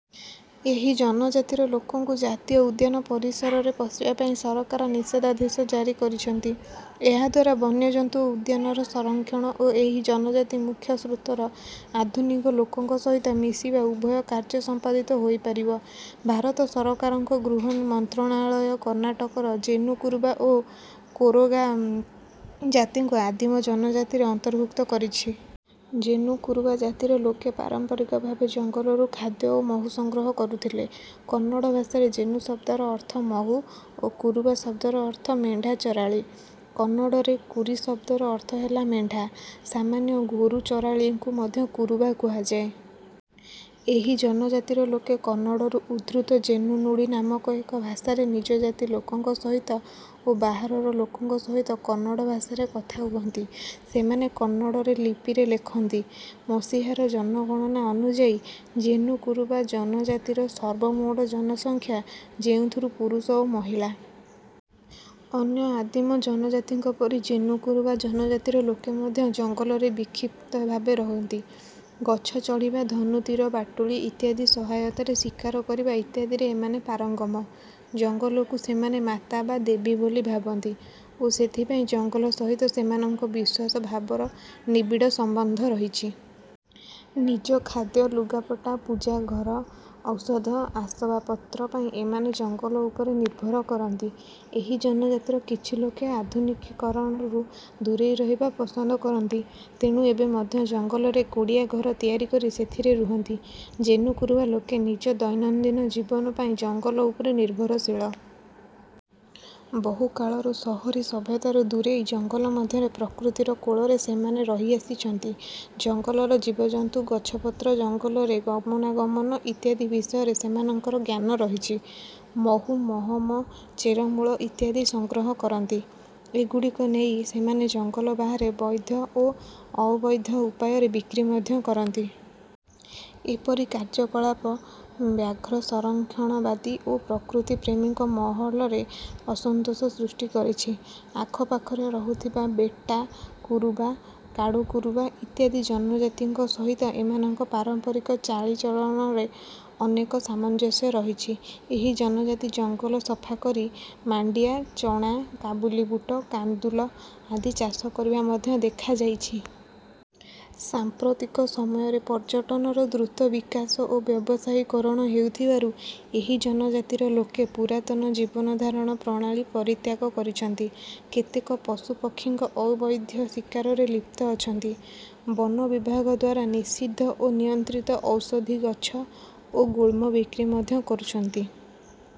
ଏହି ଜନଜାତିର ଲୋକଙ୍କୁ ଜାତୀୟ ଉଦ୍ୟାନ ପରିସରରେ ପଶିବା ପାଇଁ ସରକାର ନିଷେଧାଦେଶ ଜାରି କରିଛନ୍ତି। ଏହାଦ୍ୱାରା ବନ୍ୟଜନ୍ତୁ ଉଦ୍ୟାନର ସଂରକ୍ଷଣ ଓ ଏହି ଜନଜାତି ମୁଖ୍ୟସ୍ରୋତର ଆଧୁନିକ ଲୋକଙ୍କ ସହିତ ମିଶିବା ଉଭୟ କାର୍ଯ୍ୟ ସମ୍ପାଦିତ ହୋଇପାରିବ। ଭାରତ ସରକାରଙ୍କ ଗୃହ ମନ୍ତ୍ରଣାଳୟ କର୍ଣ୍ଣାଟକର ଜେନୁ କୁରୁବା ଓ କୋରୋଗା ଜାତିଙ୍କୁ ଆଦିମ ଜନଜାତିରେ ଅନ୍ତର୍ଭୁକ୍ତ କରିଛି। ଜେନୁ କୁରୁବା ଜାତିର ଲୋକେ ପାରମ୍ପରିକ ଭାବେ ଜଙ୍ଗଲରୁ ଖାଦ୍ୟ ଓ ମହୁ ସଂଗ୍ରହ କରୁଥିଲେ। କନ୍ନଡ଼ ଭାଷାରେ ଜେନୁ ଶବ୍ଦର ଅର୍ଥ ମହୁ ଓ କୁରୁବା ଶବ୍ଦର ଅର୍ଥ ମେଣ୍ଢା ଚରାଳୀ। କନ୍ନଡ଼ରେ କୁରି ଶବ୍ଦର ଅର୍ଥ ହେଲା ମେଣ୍ଢା। ସାମାନ୍ୟ ଗୋରୁ ଚରାଳୀଙ୍କୁ ମଧ୍ୟ କୁରୁବା କୁହାଯାଏ। ଏହି ଜନଜାତିର ଲୋକେ କନ୍ନଡ଼ରୁ ଉଦ୍ଧୃତ ଜେନୁ-ନୁଡ଼ି ନାମକ ଏକ ଭାଷାରେ ନିଜ ଜାତି ଲୋକଙ୍କ ସହିତ ଓ ବାହାରର ଲୋକଙ୍କ ସହିତ କନ୍ନଡ଼ ଭାଷାରେ କଥା ହୁଅନ୍ତି। ସେମାନେ କନ୍ନଡ଼ରେ ଲିପିରେ ଲେଖନ୍ତି। ମସିହାର ଜନଗଣନା ଅନୁଯାୟୀ ଜେନୁ-କୁରୁବା ଜନଜାତିର ସର୍ବମୋଟ ଜନସଂଖ୍ୟା ଯେଉଁଥୁରୁ ପୁରୁଷ ଓ ମହିଳା। ଅନ୍ୟ ଆଦିମ ଜନଜାତିଙ୍କ ପରି ଜେନୁ କୁରୁବା ଜନଜାତିର ଲୋକେ ମଧ୍ୟ ଜଙ୍ଗଲରେ ବିକ୍ଷିପ୍ତ ଭାବେ ରହନ୍ତି। ଗଛ ଚଢ଼ିବା ଧନୁ ତୀର ବାଟୁଳି ଇତ୍ୟାଦି ସହାୟତାରେ ଶିକାର କରିବା ଇତ୍ୟାଦିରେ ଏମାନେ ପାରଙ୍ଗମ। ଜଙ୍ଗଲକୁ ସେମାନେ ମାତା ବା ଦେବୀ ବୋଲି ଭାବନ୍ତି ଓ ସେଥିପାଇଁ ଜଙ୍ଗଲ ସହିତ ସେମାନଙ୍କ ବିଶ୍ୱାସ ଭାବର ନିବିଡ଼ ସମ୍ବନ୍ଧ ରହିଛି। ନିଜ ଖାଦ୍ୟ, ଲୁଗାପଟା, ପୂଜା, ଘର, ଔଷଧ, ଅସବାବପତ୍ର ପାଇଁ ଏମାନେ ଜଙ୍ଗଲ ଉପରେ ନିର୍ଭର କରନ୍ତି। ଏହି ଜନଜାତିର କିଛି ଲୋକ ଆଧୁନିକୀକରଣରୁ ଦୂରରେ ରହିବା ପସନ୍ଦ କରନ୍ତି। ତେଣୁ ଏବେ ମଧ୍ୟ ଜଙ୍ଗଲରେ କୁଡ଼ିଆ ଘର ତିଆରି କରି ସେଥିରେ ରୁହନ୍ତି। ଜେନୁ କୁରୁବା ଲୋକେ ନିଜ ଦୈନନ୍ଦିନ ଜୀବନ ପାଇଁ ଜଙ୍ଗଲ ଉପରେ ନିର୍ଭରଶୀଳ। ବହୁ କାଳରୁ ସହରୀ ସଭ୍ୟତାରୁ ଦୂରେଇ ଜଙ୍ଗଲ ମଧ୍ୟରେ ପ୍ରକୃତିର କୋଳରେ ସେମାନେ ରହିଆସିଛନ୍ତି। ଜଙ୍ଗଲର ଜୀବଜନ୍ତୁ, ଗଛପତ୍ର, ଜଙ୍ଗଲରେ ଗମନାଗମନ ଇତ୍ୟାଦି ବିଷୟରେ ସେମାନଙ୍କର ଜ୍ଞାନ ରହିଛି। ମହୁ, ମହମ, ଚେରମୂଳ ଇତ୍ୟାଦି ସଂଗ୍ରହ କରନ୍ତି। ଏଗୁଡ଼ିକ ନେଇ ସେମାନେ ଜଙ୍ଗଲ ବାହାରେ ବୈଧ ଓ ଅବୈଧ ଉପାୟରେ ବିକ୍ରି ମଧ୍ୟ କରନ୍ତି। ଏପରି କାର୍ଯ୍ୟକଳାପ ବ୍ୟାଘ୍ର ସଂରକ୍ଷଣବାଦୀ ଓ ପ୍ରକୃତିପ୍ରେମୀଙ୍କ ମହଲରେ ଅସନ୍ତୋଷ ସୃଷ୍ଟି କରିଛି। ଆଖପାଖରେ ରହୁଥିବା ବେଟ୍ଟା କୁରୁବା, କାଡ଼ୁ କୁରୁବା ଇତ୍ୟାଦି ଜନଜାତିଙ୍କ ସହିତ ଏମାନଙ୍କ ପାରମ୍ପରିକ ଚାଳିଚଳନରେ ଅନେକ ସାମଞ୍ଜସ୍ୟ ରହିଛି। ଏହି ଜନଜାତି ଜଙ୍ଗଲ ସଫା କରି ମାଣ୍ଡିଆ, ଚଣା, କାବୁଲି ବୁଟ, କାନ୍ଦୁଲ ଆଦି ଚାଷ କରିବା ମଧ୍ୟ ଦେଖାଯାଇଛି। ସାମ୍ପ୍ରତିକ ସମୟରେ ପର୍ଯ୍ୟଟନର ଦ୍ରୁତ ବିକାଶ ଓ ବ୍ୟବସାୟୀକରଣ ହେଉଥିବାରୁ ଏହି ଜନଜାତିର ଲୋକେ ପୁରାତନ ଜୀବନଧାରଣ ପ୍ରଣାଳୀ ପରିତ୍ୟାଗ କରିଛନ୍ତି। କେତେକ ପଶୁପକ୍ଷୀଙ୍କ ଅବୈଧ ଶିକାରରେ ଲିପ୍ତ ଅଛନ୍ତି। ବନ ବିଭାଗଦ୍ୱାରା ନିଷିଦ୍ଧ ଓ ନିୟନ୍ତ୍ରିତ ଔଷଧିଗଛ ଓ ଗୁଳ୍ମ ବିକ୍ରି ମଧ୍ୟ କରୁଛନ୍ତି।